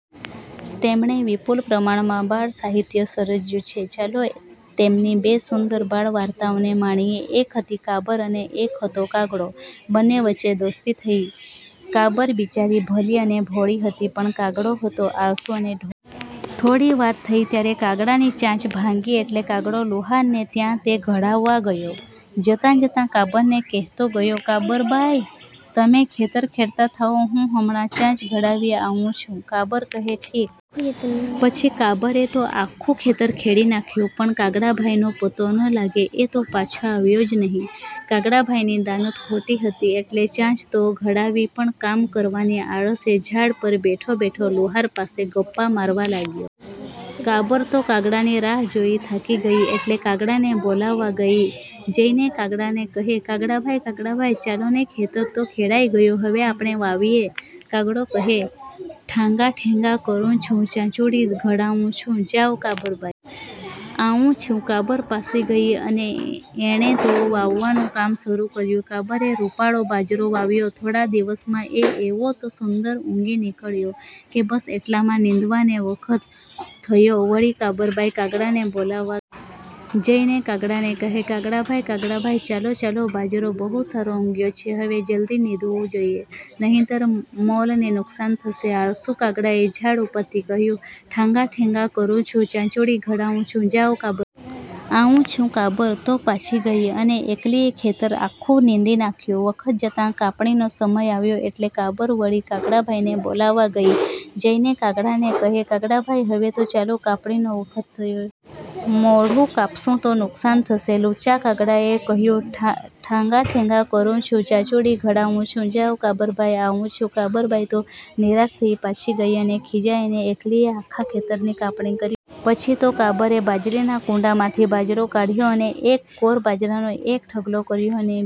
તેમણે વિપુલ પ્રમાણમાં બાળસાહિત્ય સર્જ્યું છે. ચાલો, તેમની બે સુંદર બાળવાર્તાઓને માણીએ. એક હતી કાબર અને એક હતો કાગડો. બન્ને વચ્ચે દોસ્તી થઈ. કાબર બિચારી ભલી અને ભોળી હતી, પણ કાગડો હતો આળસુ અને ઢોંગી. થોડી વાર થઈ ત્યાં કાગડાની ચાંચ ભાંગી એટલે કાગડો લુહારને ત્યાં તે ઘડાવવા ગયો. જતાં જતાં કાબરને કહેતો ગયો – કાબરબાઈ! તમે ખેતર ખેડતાં થાઓ, હું હમણાં ચાંચ ઘડાવીને આવું છું. કાબર કહે – ઠીક. પછી કાબરે તો આખું ખેતર ખેડી નાખ્યું પણ કાગડાભાઈનો પત્તો ન લાગે. એ તો પાછા આવ્યાં જ નહિ. કાગડાભાઈની દાનત ખોટી હતી એટલે ચાંચ તો ઘડાવી પણ કામ કરવાની આળસે ઝાડ પર બેઠો બેઠો લુહાર સાથે ગપ્પાં મારવા લાગ્યો. કાબર તો કાગડાની રાહ જોઈ થાકી ગઈ એટલે કાગડાને બોલાવવા ગઈ. જઈને કાગડાને કહે કાગડાભાઈ, કાગડાભાઈ! ચાલો ને! ખેતર તો ખેડાઈ ગયું. હવે આપણે વાવીએ. કાગડો કહે ઠાગાઠેંગા કરું છું, ચાંચુડી ઘડાવું છું, જાવ, કાબરબાઈ! આવું છું. કાબર પાછી ગઈ અને એણે તો વાવવાનું કામ શરૂ કર્યું. કાબરે રૂપાળો બાજરો વાવ્યો. થોડા દિવસમાં એ એવો તો સુંદર ઊગી નીકળ્યો કે બસ! એટલામાં નીંદવાનો વખત થયો વળી કાબરબાઈ કાગડાને બોલાવવા ગઈ. જઈને કાગડાને કહે કાગડાભાઈ, કાગડાભાઈ! ચાલો, ચાલો; બાજરો બહુ સારો ઊગ્યો છે. હવે જલદી નીંદવું જોઈએ, નહિતર મોલને નુકસાન થશે. આળસુ કાગડાએ ઝાડ ઉપરથી કહ્યું: ઠાગાઠેંગા કરું છું, ચાંચુડી ઘડાવું છું, જાવ, કાબર! આવું છું. કાબર તો પાછી ગઈ અને એકલીએ ખેતર આખું નીંદી નાખ્યું. વખત જતાં કાપણીનો સમય આવ્યો એટલે કાબર વળી કાગડાભાઈને બોલાવવા ગઈ. જઈને કાગડાને કહે કાગડાભાઈ! હવે તો ચાલો, કાપણીનો વખત થયો. મોડું કાપશું તો નુકસાન થશે. લુચ્ચા કાગડાએ કહ્યું ઠાગાઠેંગા કરું છું, ચાંચુડી ઘડાવું છું, જાવ, કાબરબાઈ! આવું છું. કાબરબાઈ તો નિરાશ થઈ પાછી ગઈ. અને ખિજાઈને એકલીએ આખા ખેતરની કાપણી કરી નાખી. પછી તો કાબરે બાજરીનાં ડુંડાંમાંથી બાજરો કાઢ્યો અને એક કોર બાજરાનો એક ઢગલો કર્યો, અને--